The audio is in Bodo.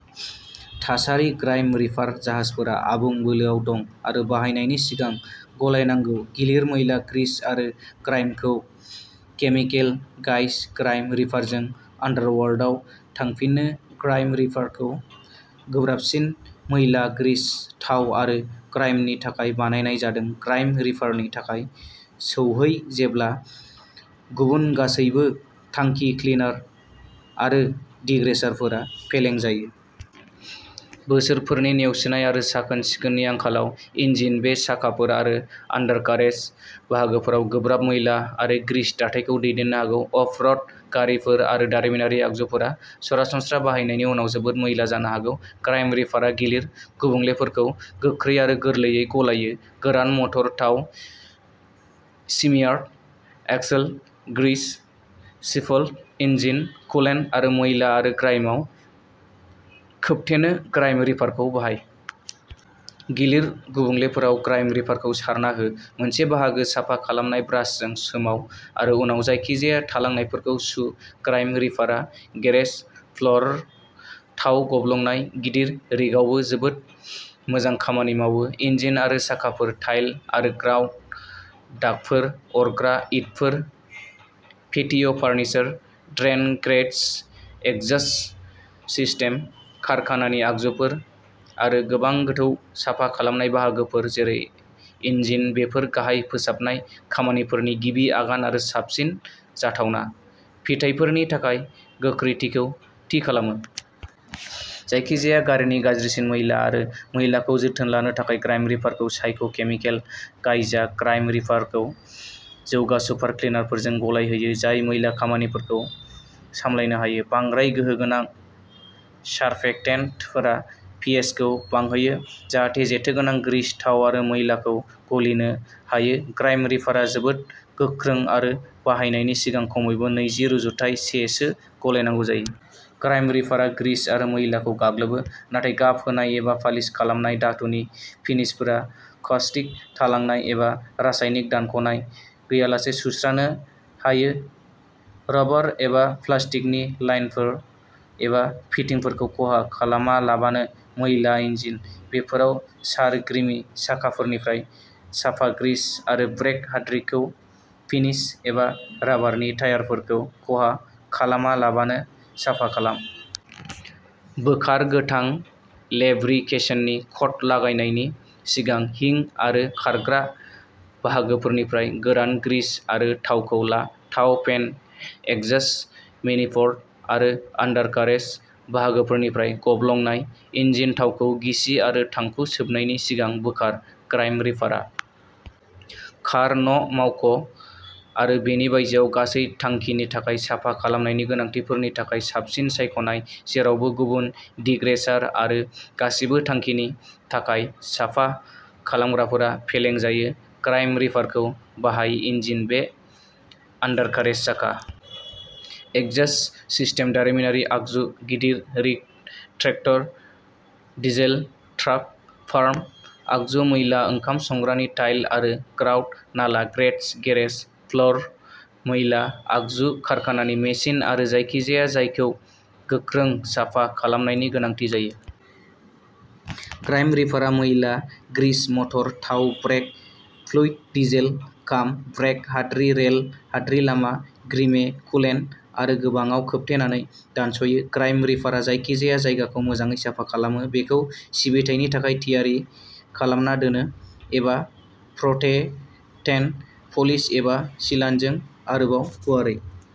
थासारि ग्राइम रिपार जाहाजफोरा आबुं बोलोआव दं आरो बाहायनायनि सिगां गलायनांगौ गिलिर मैला ग्रीस आरो ग्राइमखौ केमिकेल गाइज ग्राइम रिपारजों आन्डारवर्ल्डआव थांफिन ग्राइम रिपारखौ गोब्राबसिन मैला ग्रीस थाव आरो ग्राइमनि थाखाय बानायनाय जादों ग्राइम रिपारनि थाखाय सौहै जेब्ला गुबुन गासैबो थांखि क्लिनार आरो डिग्रेसारफोरा फेलें जायो। बोसोरफोरनि नेवसिनाय आरो साखोन सिखोननि आंखालआ इन्जिन बे साखाफोर आरो आन्डारकारेज बाहागोफोराव गोब्राब मैला आरो ग्रीस दाथायखौ दैदेननो हागौ। अफ र'ड गारिफोर आरो दारिमिनारि आगजुफोरा सरासनस्रा बाहायनायनि उनाव जोबोद मैला जानो हागौ। ग्राइम रिपारआ गिलिर गुबुंलेफोरखौ गोख्रै आरो गोरलैयै गलायो गोरान मटर थाव smeared axle grease spilled engine coolant आरो मैला आरो ग्राइमाव खोबथेनो ग्राइम रिपारखौ बाहाय। गिलिर गुबुंलेफोराव ग्राइम रिपारखौ सारना हो मोनसे बाहागो साफा खालामनाय ब्रासजों सोमाव आरो उनाव जायखिजाया थालांनायफोरखौ सु ग्राइम रिपारआ गेरेज फ्ल'र थाव गब्लंनाय गिदिर रिगआवबो जोबोद मोजां खामानि मावो इन्जिन आरो साखाफोर टाइल आरो ग्राउट दागफोर अरग्रा इटफोर पेटिय'फार्निसार ड्रेइन ग्रेट्स एग्जास्ट सिस्टेम कारखानानि आगजुफोर आरो गोबां गोथौ साफा खालामनाय बाहागोफोर जेरै इन्जिन बेफोर गाहाय फोसाबनाय खामानिफोरनि गिबि आगान आरो साबसिन जाथावना फिथायफोरनि थाखाय गोख्रैथिखौ थि खालामो। जायखिजाया गारिनि गाज्रिसिन मैला आरो मैलाखौ जोथोन लानो थाखाय ग्राइम रिपारखौ सायख' केमिकेल गाइजआ ग्राइम रिपारखौ जौगा सुपार क्लिनारफोरजों गलायहोयो जाय मैला खामानिफोरखौ सामलायनो हायो बांद्राय गोहो गोनां सार्फेक्टेन्टफोरा पिएचखौ बांहोयो जाहाथे जेथोगोनां ग्रीस थाव आरो मैलाखौ गलिनो हायो ग्राइम रिपारआ जोबोद गोख्रों आरो बाहायनायनि सिगां खमैबो नैजि रुजुथाइ से सो गलायनांगौ जायो। ग्राइम रिपारआ ग्रीस आरो मैलाखौ गाग्लोबो नाथाय गाब होनाय एबा पालिश खालामनाय धातुनि फिनिशफोराव कास्टिक थालांनाय एबा रासायनिक दानख'नाय गैयालासे सुस्रानो हायो रबर एबा प्लास्टिकनि लाइनफोर एबा फिटिंफोरखौ खहा खालामालाबानो मैला इन्जिन बेफोराव सार ग्रिमि साखाफोरनिफ्राय साफा ग्रीस आरो ब्रेक हाद्रिखौ फिनिश एबा राबारनि टायारफोरखौ खहा खालामालाबानो साफा खालाम। बोखार गोथां लेब्रिकेशननि कट लागायनायनि सिगां हिंग आरो खारग्रा बाहागोफोरनिफ्राय गोरान ग्रीस आरो थावखौ ला थाव पेन एग्जास्ट मैनिफोल्ड आरो आन्डारकारेज बाहागोफोरनिफ्राय गब्लंनाय इन्जिन थावखौ गिसि आरो थांखु सोबनायनि सिगां बोखार ग्राइम रिपारआ कार न मावख' आरो बेनि बायजोआव गासै थांखिनि थाखाय साफा खालामनायनि गोनांथिफोरनि थाखाय साबसिन सायख'नाय जेरावबो गुबुन डिग्रेसार आरो गासिबो थांखिनि थाखाय साफा खालामग्राफोरा फेलें जायो ग्राइम रिपारखौ बाहाय इन्जिन बे आन्डारकारेज साखा एग्जास्ट सिस्टेम दारिमिनारि आगजु गिदिर rig tractor diesel truck farm आगजु मैला ओंखाम संग्रानि टाइल आरो ग्राउट नाला ग्रेट्स गेरेज फ्ल'र मैला आगजु कारखानानि मेसिन आरो जायखिजाया जायखौ गोख्रों साफा खालामनायनि गोनांथि जायो ग्राइम रिपारआ मैला ग्रीस मटर थाव ब्रेक फ्लुइड डिजेल खाम ब्रेक हाद्रि रेल हाद्रि लामा ग्रिमे कुलेन्ट आरो गोबांआव खोबथेनानै दानस'यो ग्राइम रिपारआ जायखिजाया जायगाखौ मोजाङै साफा खालामो बेखौ सिबिथायनि थाखाय थियारि खालामना दोनो एबा प्रटेक्टेन्ट पलिश एबा सिलान्टजों आरोबाव गुवारै